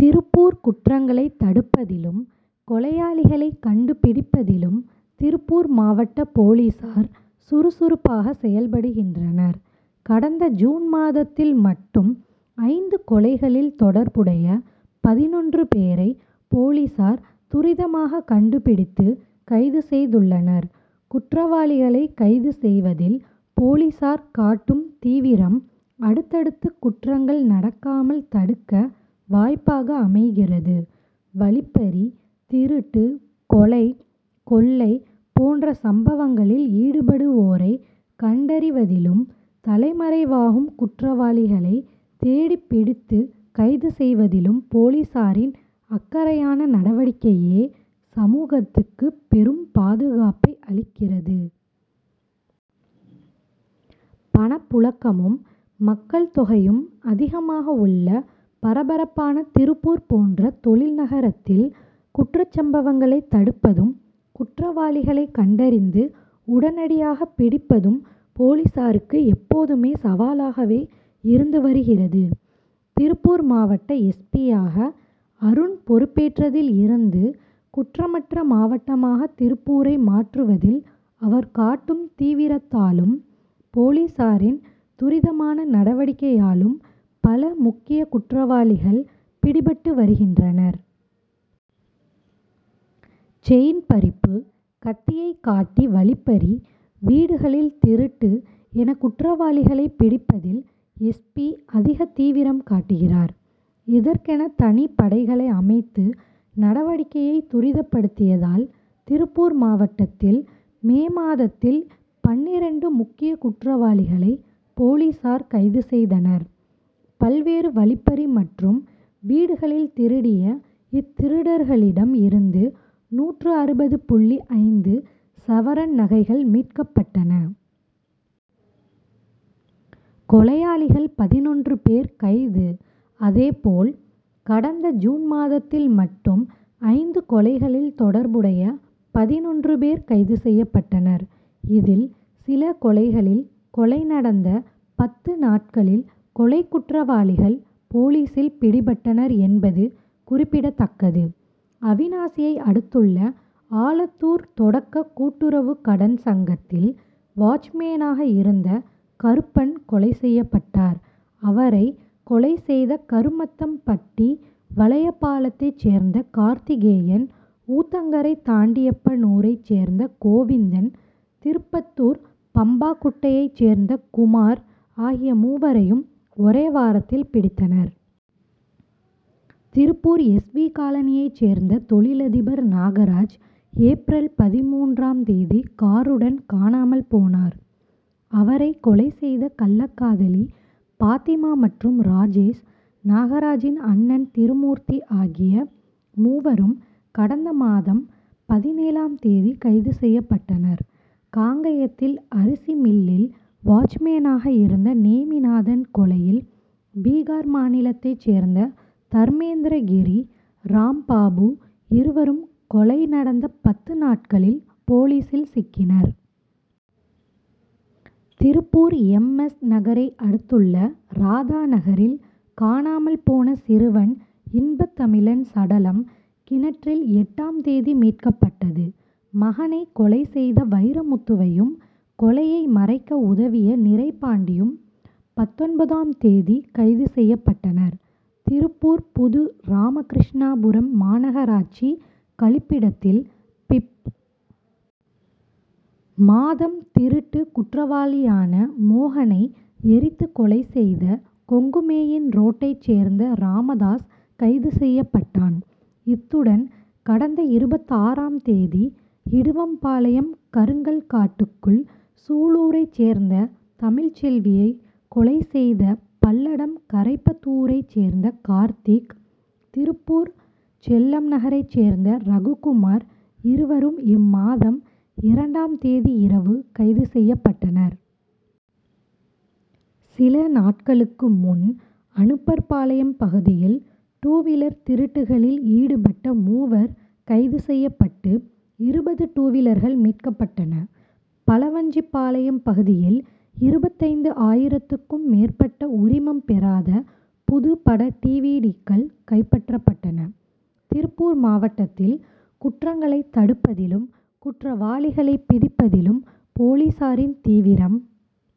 திருப்பூர் குற்றங்களை தடுப்பதிலும், கொலையாளிகளை கண்டு பிடிப்பதிலும் திருப்பூர் மாவட்ட போலீசார் சுறுசுறுப்பாக செயல்படுகின்றனர்; கடந்த ஜூன் மாதத்தில் மட்டும் ஐந்து கொலைகளில் தொடர்புடைய பதினொன்று பேரை போலீசார் துரிதமாக கண்டு பிடித்து கைது செய்துள்ளனர். குற்றவாளிகளை கைது செய்வதில் போலீசார் காட்டும் தீவிரம், அடுத் தடுத்து குற்றங்கள் நடக்காமல் தடுக்க வாய்ப்பாக அமைகிறது; வழிப்பறி, திருட்டு, கொலை, கொள்ளை போன்ற சம்பவங்களில் ஈடுபடுவோரை கண்டறிவதிலும், தலைமறைவாகும் குற்றவாளிகளை தேடிப்பிடித்து கைது செய்வதிலும் போலீசாரின் அக்கறை யான நடவடிக்கையே, சமூகத்துக்கு பெரும் பாதுகாப்பை அளிக்கிறது. பணப்புழக்கமும், மக்கள் தொகை யும் அதிகமாக உள்ள பரபரப்பான திருப்பூர் போன்ற தொழில் நகரத்தில், குற்றச்சம்பவங்களை தடுப்பதும், குற்ற வாளிகளை கண்டறிந்து உடனடியாக பிடிப்பதும் போலீசாருக்கு எப்போதுமே சவாலாகவே இருந்து வருகிறது. திருப்பூர் மாவட்ட எஸ். பி.,யாக அருண் பொறுப்பேற்றதில் இருந்து, குற்றமற்ற மாவட்டமாக திருப்பூரை மாற்றுவதில் அவர் காட்டும் தீவிரத்தாலும், போலீசாரின் துரிதமான நடவடிக்கையாலும் பல முக்கிய குற்றவாளிகள் பிடிபட்டு வருகின்றனர். செயின் பறிப்பு, கத்தியை காட்டி வழிப்பறி, வீடுகளில் திருட்டு என குற்றவாளிகளை பிடிப்பதில் எஸ். பி., அதிக தீவிரம் காட்டுகிறார்; இதற்கென தனிப்படைகளை அமைத்து, நடவடிக்கையை துரிதப்படுத்தியதால், திருப்பூர் மாவட்டத்தில் மே மாதத்தில் பன்னிரண்டு முக்கிய குற்றவாளிகளை போலீசார் கைது செய்தனர்; பல்வேறு வழிப்பறி மற்றும் வீடுகளில் திருடிய இத் திருடர்களிடம் இருந்து நூற்று அறுபது புள்ளி ஐந்து சவரன் நகைகள் மீட்கப்பட்டன. கொலையாளிகள் பதினொன்று பேர் கைது அதேபோல், கடந்த ஜூன் மாதத்தில் மட்டும் ஐந்து கொலைகளில் தொடர்புடைய பதினொன்று பேர் கைது செய்யப் பட்டனர். இதில் சில கொலைகளில், கொலை நடந்த பத்து நாட்களில் கொலைக்குற்றவாளிகள் போலீசில் பிடிபட்டனர் என்பது குறிப்பிடத் தக்கது. அவிநாசியை அடுத்துள்ள ஆலத்தூர் தொடக்க கூட்டுறவு கடன் சங்கத்தில் வாட்ச்மேனாக இருந்த கருப்பன் கொலை செய்யப்பட்டார்; அவரை கொலை செய்த கருமத்தம் பட்டி வலையபாளையத்தை சேர்ந்த கார்த்திகேயன், ஊத்தங்கரை தாண்டி யப்பனூரை சேர்ந்த கோவிந்தன், திருப்பத்தூர் பம்பாகுட்டையை சேர்ந்த குமார் ஆகிய மூவரையும், ஒரே வாரத்தில் பிடித்தனர். திருப்பூர் எஸ். வி., காலனியைச் சேர்ந்த தொழிலதிபர் நாகராஜ், ஏப்., பதின்மூன்றாம் தேதி காருடன் காணாமல் போனார். அவரை கொலை செய்த கள்ளக்காதலி பாத்திமா மற்றும் ராஜேஷ், நாகராஜின் அண்ணன் திருமூர்த்தி ஆகிய மூவரும் கடந்த மாதம் பதினேழாம் தேதி கைது செய்யப்பட்டனர். காங்கயத்தில் அரிசி மில்லில் வாட்ச்மேனாக இருந்த நேமிநாதன் கொலையில், பீகார் மாநிலத்தைச் சேர்ந்த தர்மேந்திர கிரி, ராம்பாபு இருவரும், கொலை நடந்த பத்து நாட்களில் போலீசில் சிக்கினர். திருப்பூர் எம். எஸ்., நகரை அடுத்துள்ள ராதா நகரில் காணாமல் போன சிறுவன் இன்பத்தமிழன் சடலம், கிணற்றில் எட்டாம் தேதி மீட்கப் பட்டது. மகனை கொலை செய்த வைரமுத்துவையும், கொலையை மறைக்க உதவிய நிறைபாண்டியும், பத்தொன்பதாம் தேதி கைது செய்யப்பட்டனர். திருப்பூர் புது ராமகிருஷ்ணாபுரம் மாநகராட்சி கழிப்பிடத்தில் பிப்., மாதம் திருட்டு குற்றவாளியான மோகனை எரித்துக்கொலை செய்த, கொங்கு மெயின் ரோட்டை சேர்ந்த ராமதாஸ் கைது செய்யப்பட்டான். இத்துடன் கடந்த இருபத்தாறாம் தேதி, இடுவம்பாளையம் கருங்கல் காட்டுக்குள் சூலூரை சேர்ந்த தமிழ் செல்வியை கொலை செய்த, பல்லடம் கரைப்புதூரை சேர்ந்த கார்த்திக், திருப்பூர் செல்லம் நகரைச் சேர்ந்த ரகு குமார் இருவரும் இம்மாதம் இரண்டாம் தேதி இரவு கைது செய்யப்பட்டனர். சில நாட்களுக்கு முன், அனுப்பர் பாளையம் பகுதியில் டூவீலர் திருட்டு களில் ஈடுபட்ட மூவர் கைது செய்யப் பட்டு இருபது டூவீலர்கள் மீட்கப்பட்டன; பலவஞ்சிபாளையம் பகுதியில் இருபத்தைந்து ஆயிரத்துக்கும் மேற்பட்ட உரிமம் பெறாத புதுப்பட டிவிடிக்கள் கைப்பற்றப்பட்டன. திருப்பூர் மாவட்டத்தில் குற்றங் களை தடுப்பதிலும், குற்றவாளிகளை பிடிப்பதிலும் போலீசாரின் தீவிரம்